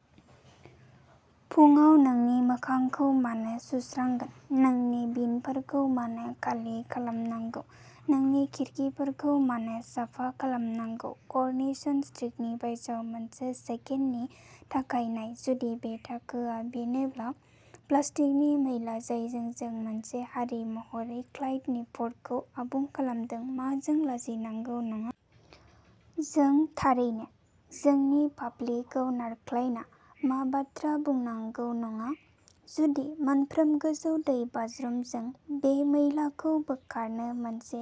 " फुंआव नोंनि मोखांखौ मानो सुस्रांगोन? नोंनि बिनफोरखौ मानो खालि खालामनांगौ? नोंनि खिरखिफोरखौ मानो साफा खालामनांगौ? कर'नेसन स्ट्रिटनि बायजोआव मोनसे सेकेन्डनि थाखाय नाय। जुदि बे थाखोआ बेनोब्ला। प्लास्टिकनि मैला जायजों जों मोनसे हारि महरै क्लाइडनि फर्थखौ आबुं खालामदों, मा जों लाजिनांगौ नङा? जों थारैनो जोंनि फाफ्लिखौ नारख्लायना "मा बाथ्रा" बुंनांगौ नङा। जुदि मोनफ्रोम गोजौ दैबाज्रुमजों बे मैलाखौ बोखारनो मोनसे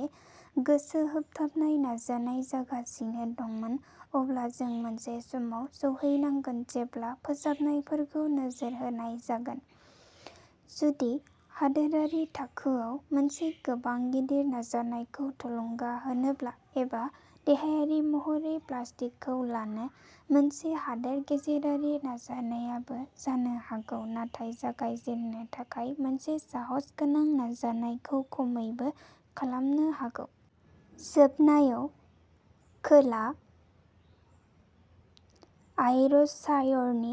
गोसो होथाबनाय नाजानाय जागासिनो दंमोन, अब्ला जों मोनसे समाव सौहैनांगोन जेब्ला फोसाबनायफोरखौ नोजोर होनाय जागोन! जुदि हादोरारि थाखोआव मोनसे गोबां गिदिर नाजानायखौ थुलुंगा होनोब्ला, एबा देहायारि महरै "प्लास्टिकखौ लानो" मोनसे हादोर गेजेरारि नाजानायाबो जानो हागौ, नाथाय जागायजेननो थाखाय मोनसे साहसगोनां नाजानायखौ खमैबो खालामनो हागौ। जोबनायाव, खोला आयरशायरनि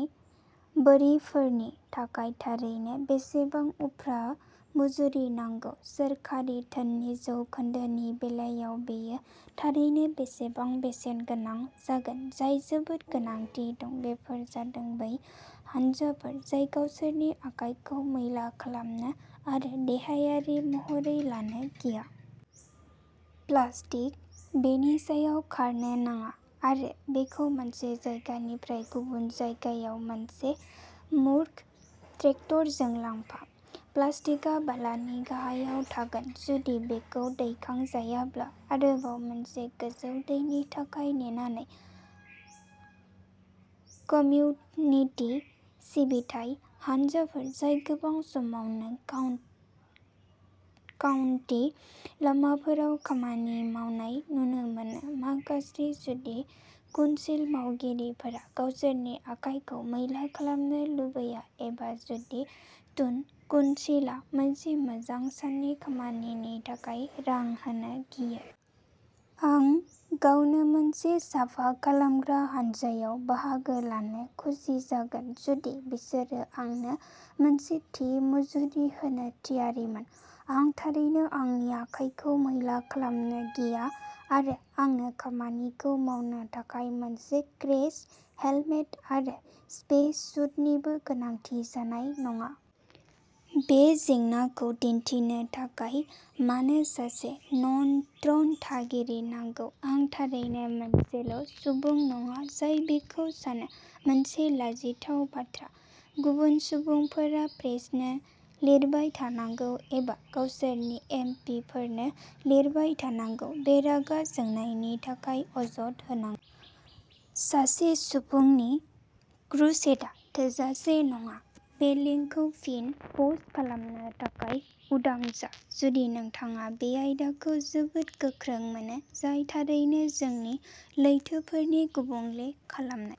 बोरिफोरनि थाखाय थारैनो बेसेबां उफ्रा मुजुरि नांगौ?? सोरखारि धोननि जौखोन्दोनि बेलायाव बेयो थारैनो बेसेबां बेसेन गोनां जागोन? जाय जोबोद गोनांथि दं बेफोर जादों बै हानजाफोर जाय गावसोरनि आखाइखौ मैला खालामनो आरो देहायारि महरै लानो गिया। प्लास्टिक। बेनि सायाव खारनो नाङा आरो बेखौ मोनसे जायगानिफ्राय गुबुन जायगायाव मोनसे मूर्ख ट्रेक्टरजों लांफा!! प्लास्टिकआ बालानि गाहायाव थागोन जुदि बेखौ दैखांजायाब्ला, आरोबाव मोनसे गोजौ दैनि थाखाय नेनानै। कमिउनिटि सिबिथाइ हानजाफोर जाय गोबां समावनो काउन्टी लामाफोराव खामानि मावनाय नुनो मोनो, मा गाज्रि, जुदि कुनसिल मावगिरिफोरा गावसोरनि आखाइखौ मैला खालामनो लुबैया, एबा जुदि टुन कुनसिलआ मोनसे मोजां साननि खामानिनि थाखाय रां होनो गियो? आं गावनो मोनसे साफा खालामग्रा हानजायाव बाहागो लानो खुसि जागोन जुदि बिसोरो आंनो मोनसे थि मुजुरि होनो थियारिमोन। आं थारैनो आंनि आखाइखौ मैला खालामनो गिया, आरो आंनो खामानिखौ मावनो थाखाय मोनसे क्रेश हेलमेट आरो स्पेस सुटनिबो गोनांथि जानाय नङा। बे जेंनाखौ दिन्थिनो थाखाय मानो सासे नन ट्र'न थागिरि नांगौ? आं थारैनो मोनसेल'सुबुं नङा जाय बेखौ सानो। मोनसे लाजिथाव बाथ्रा?? गुबुन सुबुंफोरा प्रेसनो लिरबाय थानांगौ एबा गावसोरनि एम. पि. फोरनो लिरबाय थानांगौ, बे रागा जोंनायनि थाखाय अजद होनानै। सासे सुबुंनि क्रुसेडआ थोजासे नङा। बे लिंकखौ फिन पस्ट खालामनो थाखाय उदां जा, जुदि नोंथाङा बे आयदाखौ जोबोद गोख्रों मोनो, जाय थारैनो जोंनि लैथोफोरनि गुबुंले खालामनाय।